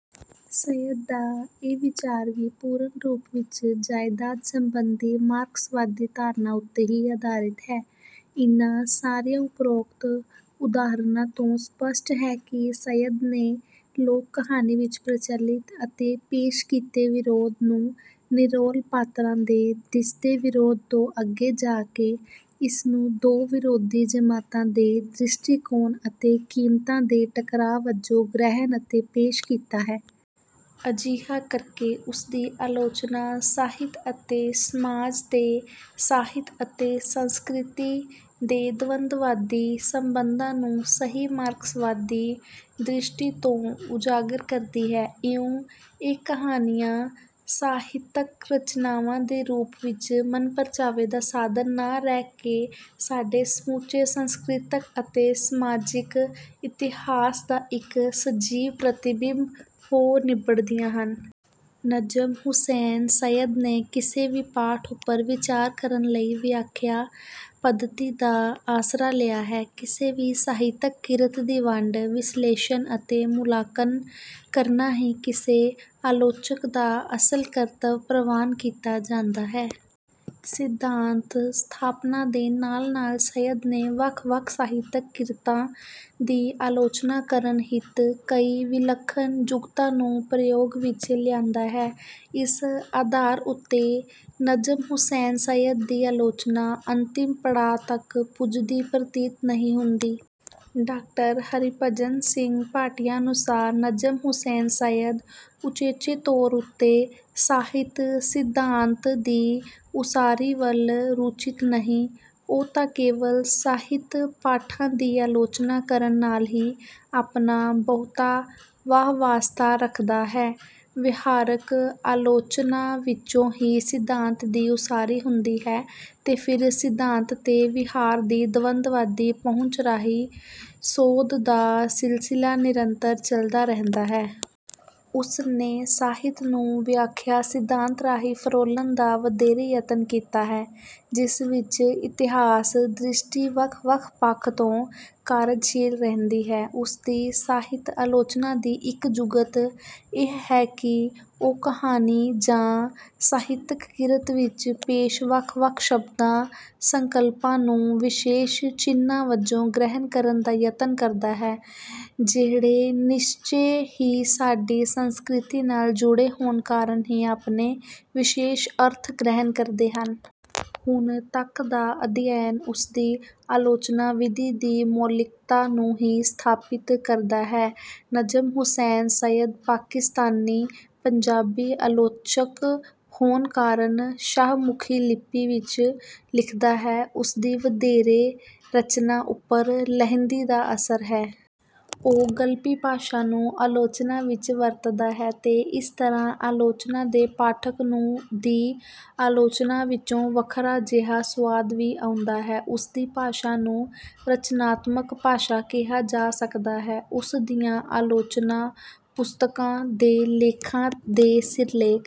ਸੱਯਦ ਦਾ ਇਹ ਵਿਚਾਰ ਵੀ ਪੂਰਨ ਰੂਪ ਵਿੱਚ ਜਾਇਦਾਦ ਸੰਬੰਧੀ ਮਾਰਕਸਵਾਦੀ ਧਾਰਨਾ ਉੱਤੇ ਹੀ ਆਧਾਰਿਤ ਹੈ। ਇਨ੍ਹਾਂ ਸਾਰੀਆਂ ਉਪਰੋਕਤ ਉਦਾਹਰਣਾਂ ਤੋਂ ਸਪੱਸ਼ਟ ਹੈ ਕਿ ਸੱਯਦ ਨੇ ਲੋਕ-ਕਹਾਣੀ ਵਿੱਚ ਪ੍ਰਚਲਿਤ ਅਤੇ ਪੇਸ਼ ਕੀਤੇ ਵਿਰੋਧ ਨੂੰ ਨਿਰੋਲ ਪਾਤਰਾਂ ਦੇ ਦਿਸਦੇ ਵਿਰੋਧ ਤੋਂ ਅੱਗੇ ਜਾ ਕੇ, ਇਸਨੂੰ ਦੋ ਵਿਰੋਧੀ ਜਮਾਤਾਂ ਦੇ ਦ੍ਰਿਸ਼ਟੀਕੋਣ ਅਤੇ ਕੀਮਤਾਂ ਦੇ ਟਕਰਾਅ ਵਜੋਂ ਗ੍ਰਹਿਣ ਅਤੇ ਪੇਸ਼ ਕੀਤਾ ਹੈ। ਅਜਿਹਾ ਕਰਕੇ ਉਸਦੀ ਆਲੋਚਨਾ ਸਾਹਿਤ ਅਤੇ ਸਮਾਜ ਤੇ ਸਾਹਿਤ ਅਤੇ ਸੰਸਕ੍ਰਿਤੀ ਦੇ ਦਵੰਦਵਾਦੀ ਸੰਬੰਧਾਂ ਨੂੰ ਸਹੀ ਮਾਰਕਸਵਾਦੀ ਦ੍ਰਿਸ਼ਟੀ ਤੋਂ ਉਜਾਗਰ ਕਰਦੀ ਹੈ। ਇਉਂ, ਇਹ ਕਹਾਣੀਆਂ ਸਾਹਿਤਕ-ਰਚਨਾਵਾਂ ਦੇ ਰੂਪ ਵਿੱਚ ਮਨ-ਪ੍ਰਚਾਵੇ ਦਾ ਸਾਧਨ ਨਾ ਰਹਿ ਕੇ ਸਾਡੇ ਸਮੁੱਚੇ ਸੰਸਕ੍ਰਿਤਕ ਅਤੇ ਸਮਾਜਿਕ ਇਤਿਹਾਸ ਦਾ ਇੱਕ ਸਜੀਵ ਪ੍ਰਤੀਬਿੰਬ ਹੋ ਨਿੱਬੜਦੀਆਂ ਹਨ। ਨਜਮ ਹੁਸੈਨ ਸੱਯਦ ਨੇ ਕਿਸੇ ਵੀ ਪਾਠ ਉੱਪਰ ਵਿਚਾਰ ਕਰਨ ਲਈ ਵਿਆਖਿਆ ਪੱਧਤੀ ਦਾ ਆਸਰਾ ਲਿਆ ਹੈ। ਕਿਸੇ ਵੀ ਸਾਹਿਤਕ ਕਿਰਤ ਦੀ ਵਿਆਖਿਆ, ਵਿਸ਼ਲੇਸ਼ਣ ਅਤੇ ਮੁਲਾਂਕਣ ਕਰਨਾ ਹੀ ਕਿਸੇ ਆਲੋਚਕ ਦਾ ਅਸਲ ਕਰਤੱਵ ਪ੍ਰਵਾਨ ਕੀਤਾ ਜਾਂਦਾ ਹੈ। ਸਿਧਾਂਤ ਸਥਾਪਨਾ ਦੇ ਨਾਲ-ਨਾਲ ਸੱਯਦ ਨੇ ਵੱਖ-ਵੱਖ ਸਾਹਿਤਕ ਕਿਰਤਾਂ ਦੀ ਆਲੋਚਨਾ ਕਰਨ ਹਿਤ, ਕਈ ਵਿਲੱਖਣ ਜੁਗਤਾਂ ਨੂੰ ਪ੍ਰਯੋਗ ਵਿੱਚ ਲਿਆਂਦਾ ਹੈ। ਇਸ ਆਧਾਰ ਉੱਤੇ ਨਜਮ ਹੁਸੈਨ ਸੱਯਦ ਦੀ ਆਲੋਚਨਾ ਅੰਤਿਮ ਪੜਾਅ ਤੱਕ ਪੁੱਜਦੀ ਪ੍ਰਤੀਤ ਨਹੀਂ ਹੁੰਦੀ। ਡਾ. ਹਰਿਭਜਨ ਸਿੰਘ ਭਾਟੀਆ ਅਨੁਸਾਰ, "ਨਜਮ ਹੁਸੈਨ ਸੱਯਦ ਉਚੇਚੇ ਤੌਰ ਉੱਤੇ ਸਾਹਿਤ-ਸਿਧਾਂਤ ਦੀ ਉਸਾਰੀ ਵੱਲ ਰੁਚਿਤ ਨਹੀਂ, ਉਹ ਤਾਂ ਕੇਵਲ ਸਾਹਿਤ-ਪਾਠਾਂ ਦੀ ਆਲੋਚਨਾ ਕਰਨ ਨਾਲ ਹੀ ਆਪਣਾ ਬਹੁਤਾ ਵਾਹ-ਵਾਸਤਾ ਰੱਖਦਾ ਹੈ।" ਵਿਹਾਰਕ ਆਲੋਚਨਾ ਵਿੱਚੋਂ ਹੀ ਸਿਧਾਂਤ ਦੀ ਉਸਾਰੀ ਹੁੰਦੀ ਹੈ ਤੇ ਫਿਰ ਸਿਧਾਂਤ ਤੇ ਵਿਹਾਰ ਦੀ ਦਵੰਦਵਾਦੀ ਪਹੁੰਚ ਰਾਹੀਂ ਸੋਧ ਦਾ ਸਿਲਸਿਲਾ ਨਿਰੰਤਰ ਚਲਦਾ ਰਹਿੰਦਾ ਹੈ। ਉਸ ਨੇ ਸਾਹਿਤ ਨੂੰ ਵਿਆਖਿਆ ਸਿਧਾਂਤ ਰਾਹੀਂ ਫਰੋਲਣ ਦਾ ਵਧੇਰੇ ਯਤਨ ਕੀਤਾ ਹੈ ਜਿਸ ਵਿੱਚ ਇਤਿਹਾਸ ਦ੍ਰਿਸ਼ਟੀ ਵੱਖ-ਵੱਖ ਪੱਖ ਤੋਂ ਕਾਰਜਸ਼ੀਲ ਰਹਿੰਦੀ ਹੈ। ਉਸ ਦੀ ਸਾਹਿਤ ਆਲੋਚਨਾ ਦੀ ਇੱਕ ਜੁਗਤ ਇਹ ਹੈ ਕਿ ਉਹ ਕਹਾਣੀ ਜਾਂ ਸਾਹਿਤਕ ਕਿਰਤ ਵਿੱਚ ਪੇਸ਼ ਵੱਖ-ਵੱਖ ਸ਼ਬਦਾਂ, ਸੰਕਲਪਾਂ ਨੂੰ ਵਿਸ਼ੇਸ਼ ਚਿੰਨ੍ਹਾਂ ਵਜੋਂ ਗ੍ਰਹਿਣ ਕਰਨ ਦਾ ਯਤਨ ਕਰਦਾ ਹੈ, ਜਿਹੜੇ ਨਿਸ਼ਚੇ ਹੀ ਸਾਡੀ ਸੰਸਕ੍ਰਿਤੀ ਨਾਲ ਜੁੜੇ ਹੋਣ ਕਾਰਨ ਹੀ ਆਪਣੇ ਵਿਸ਼ੇਸ਼ ਅਰਥ ਗ੍ਰਹਿਣ ਕਰਦੇ ਹਨ। ਹੁਣ ਤੱਕ ਦਾ ਅਧਿਐਨ ਉਸਦੀ ਆਲੋਚਨਾ-ਵਿਧੀ ਦੀ ਮੌਲਿਕਤਾ ਨੂੰ ਹੀ ਸਥਾਪਿਤ ਕਰਦਾ ਹੈ। ਨਜਮ ਹੁਸੈਨ ਸੱਯਦ ਪਾਕਿਸਤਾਨੀ ਪੰਜਾਬੀ ਆਲੋਚਕ ਹੋਣ ਕਾਰਨ ਸ਼ਾਹਮੁਖੀ ਲਿਪੀ ਵਿੱਚ ਲਿਖਦਾ ਹੈ। ਉਸਦੀ ਵਧੇਰੇ ਰਚਨਾ ਉੱਪਰ ਲਹਿੰਦੀ ਦਾ ਅਸਰ ਹੈ। ਉਹ ਗਲਪੀ ਭਾਸ਼ਾ ਨੂੰ ਆਲੋਚਨਾ ਵਿੱਚ ਵਰਤਦਾ ਹੈ ਤੇ ਇਸ ਤਰ੍ਹਾਂ ਆਲੋਚਨਾ ਦੇ ਪਾਠਕ ਨੂੰ ਦੀ ਆਲੋਚਨਾ ਵਿੱਚੋਂ ਵੱਖਰਾ ਜਿਹਾ ਸੁਆਦ ਵੀ ਆਉਂਦਾ ਹੈ। ਉਸਦੀ ਭਾਸ਼ਾ ਨੂੰ 'ਰਚਨਾਤਮਕ ਭਾਸ਼ਾ' ਕਿਹਾ ਜਾ ਸਕਦਾ ਹੈ। ਉਸ ਦੀਆਂ ਆਲੋਚਨਾ ਪੁਸਤਕਾਂ ਦੇ ਲੇਖਾਂ ਦੇ ਸਿਰਲੇਖ